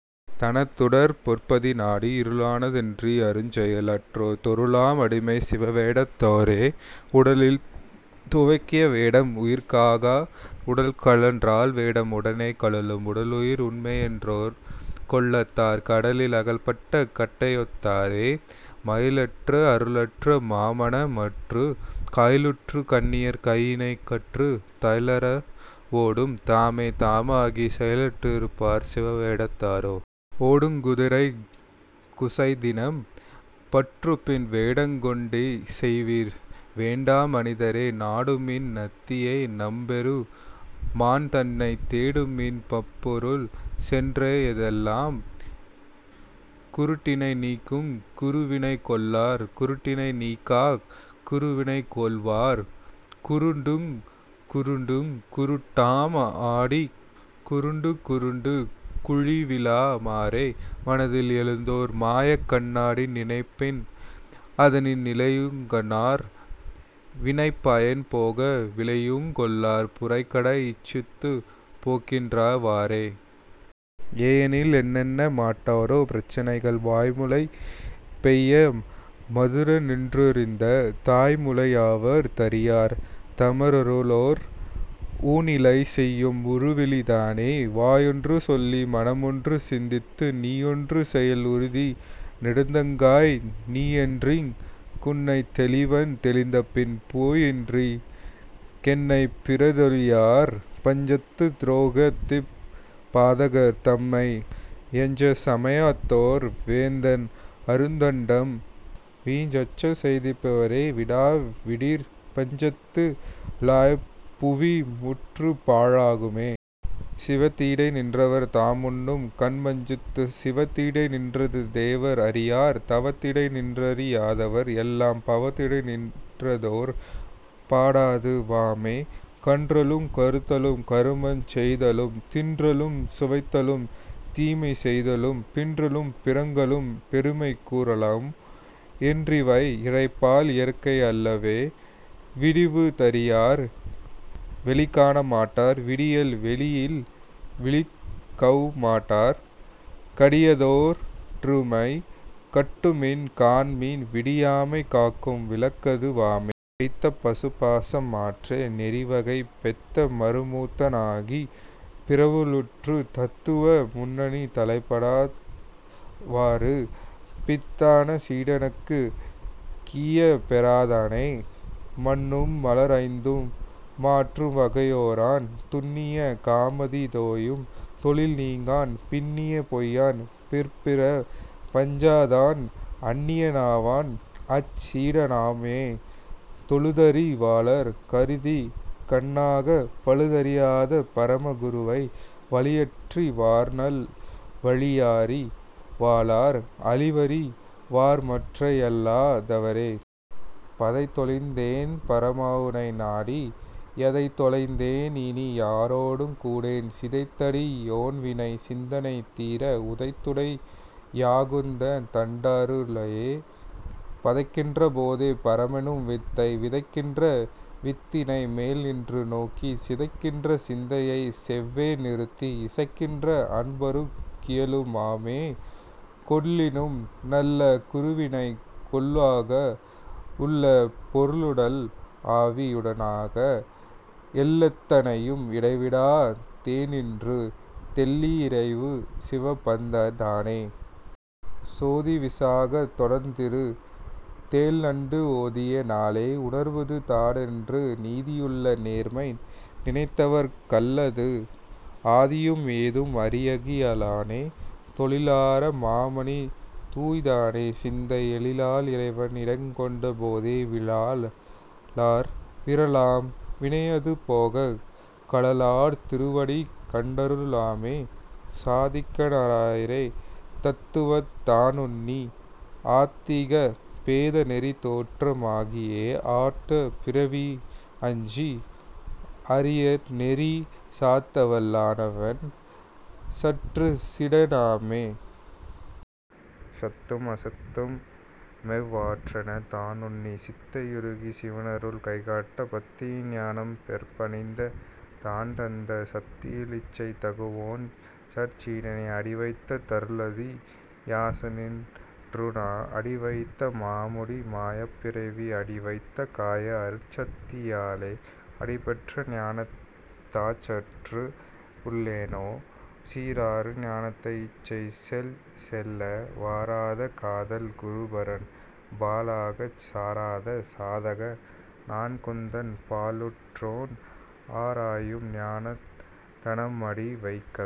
தனதுடற் பொற்பதி நாடி இருளான தின்றி யிருஞ்செயல் அற்றோர் தெருளாம் அடிமைச் சிவவேடத் தோரே. உடலில் துவக்கிய வேடம் உயிர்க்காகா உடல்கழன் றால்வேடம் உடனே கழலும் உடலுயிர் உண்மையென் றோர்ந்துகொள்ளாதார் கடலில் அகல்பட்ட கட்டையொத் தாரே. மயலற் றிருளற்று மாமன மற்றுக் கயலுற்ற கண்ணியர் கையிணைக் கற்றுத் தயலற் றவரோடும் தாமே தாமாகிச் செயலற் றிருப்பார் சிவவேடத் தாரே. ஒடுங் குதிரைக் குசைதிண்ணம் பற்றுமின் வேடங்கொண் டென்செய்வீர் வேண்டாமனிதரே நாடுமின் நந்தியை நம்பெரு மான்தன்னைத் தேடுமின் பப்பொருள் சென்றெய்த லாமே. குருட்டினை நீக்குங் குருவினைக் கொள்ளார் குருட்டினை நீக்காக் குருவினைக் கொள்வார் குருடுங் குருடுங் குருட்டாட்டம் ஆடிக் குருடுங் குருடுங் குழிவிழு மாறே. மனத்தில் எழுந்ததோர் மாயக்கண் ணாடி நினைப்பின் அதனின் நிழலையுங் காணார் வினைப்பயன் போக விளக்கியுங் கொள்ளார் புறக்கடை இச்சித்துப் போகின்ற வாறே. ஏயெனில் என்னென மாட்டார் பிரசைகள் வாய்முலை பெய்ய மதுரநின் றூறிடுந் தாய்முலை யாவ தறியார் தமருளோர் ஊனிலை செய்யும் உருவிலி தானே. வாயென்று சொல்லி மனமொன்று சிந்தித்து நீயொன்று செய்யல் உறுதி நெடுந்தகாய் நீயென்றிங் குன்னைத் தெளிவன் தெளிந்தபின் பேயென்றிங் கென்னைப் பிறர்தெளி யாரே. பஞ்சத் துரோகத்திப் பாதகர் தம்மை யஞ்சச் சமயத்தோர் வேந்தன் அருந்தண்டம் விஞ்சச்செய் திப்புவி வேறே விடாவிடிற் பஞ்சத்து ளாய்புவி முற்றும்பா ழாகுமே. தவத்திடை நின்றவர் தாமுண்ணும் கன்மஞ் சிவத்திடை நின்றது தேவர் அறியார் தவத்திடை நின்றறி யாதவர் எல்லாம் பவத்திடை நின்றதோர் பாடது வாமே. கன்றலுங் கருதலுங் கருமஞ் செய்தலும் தின்றலுஞ் சுவைத்தலுந் தீமைசெய்தலும் பின்றலும் பிறங்கலும் பெருமை கூறலும் என்றிவை இறைபால் இயற்கை அல்லவே. விடிவ தறியார் வெளிகாண மாட்டார் விடியில் வெளியில் விழிக்கவு மாட்டார் கடியதோ ருண்ணிமை கட்டுமின் காண்மின் விடியாமை காக்கும் விளக்கது வாமே. வைத்த பசுபாசம் மாற்று நெறிவைகிப் பெத்த மறமுத்த னாகிப் பிறழ்வுற்றுத் தத்துவ முன்னித் தலைப்படா தவ்வாறு பித்தான சீடனுக் கீயப் பெறாதானே. மன்னும் மலம்ஐந்தும் மாற்றும் வகையோரான் துன்னிய காமாதி தோயும் தொழில்நீங்கான் பின்னிய பொய்யன் பிறப்பிறப் பஞ்சாதான் அன்னிய னாவன் அசற்சீட னாமே. தொழுதறி வாளர் கருதிகண் ணாகப் பழுதறியாத பரம குருவை வழியறி வார்நல் வழியறி வாளர் அழிவறி வார்மற்றை யல்லா தவரே. பதைதொழிந் தேன்பர மாவுனை நாடி யதைத்தொழிந் தேன்இனி யாரொடுங் கூடேன் சிதைத்தடி யேன்வினை சிந்தனை தீர உதைத்துடை யாயுகந் தாண்டரு ளாயே. பதைக்கின்ற போதே பரமென்னும் வித்தை விதைக்கின்ற வித்தினை மேல்நின்று நோக்கிச் சிதைக்கின்ற சிந்தையைச் செவ்வே நிறுத்தி இசைக்கின்ற அன்பருக் கீயலு மாமே. கொள்ளினும் நல்ல குருவினைக் கொள்ளுக உள்ள பொருளுடல் ஆவி யுடன்ஈக எள்ளத் தனையும் இடைவிடா தேநின்று தெள்ளி யறியச் சிவபதந் தானே. சோதி விசாகந் தொடர்ந்திரு தேள்நண்டு ஓதிய நாளே உணர்வது தானென்று நீதியுள் நேர்மை நினைந்தவர்க் கல்லது ஆதியும் ஏதும் அறியகி லானே. தொழிலார மாமணித் தூய்தான சிந்தை எழிலால் இறைவன் இடங்கொண்ட போதே விழலார் விறலாம் வினையது போகக் கழலார் திருவடி கண்டரு ளாமே. சாத்திக னாய்ப்பர தத்துவவந் தானுன்னி ஆத்திக பேத நெறிதோற்ற மாகியே ஆர்த்த பிறவியி னஞ்சி யறநெறி சாத்தவல் லானவன் சற்சீட னாமே. சத்தும் அசத்துமெவ் வாறெனத் தானுன்னிச் சித்தை யுருக்கிக் சிவனருள் கைகாட்டப் பத்தியின் ஞானம் பெறப்பணிந் தானந்தச் சத்தியில் இச்சை தகுவோன்சற் சீடனே. அடிவைத் தருளுதி யாசானின் றுன்னா அடிவைத்த மாமுடி மாயப் பிறவி அடிவைத்த காய அருட்சத்தி யாலே அடிபெற்ற ஞானத்த னாசற்று ளோனே. சீராரு ஞானத்தின் இச்சை செலச்செல்ல வாராத காதல் குருபரன் பாலாகச் சாராத சாதக நான்குந்தன் பாலுற்றோன் ஆராயும் ஞானத்த னாமடி வைக்கவே.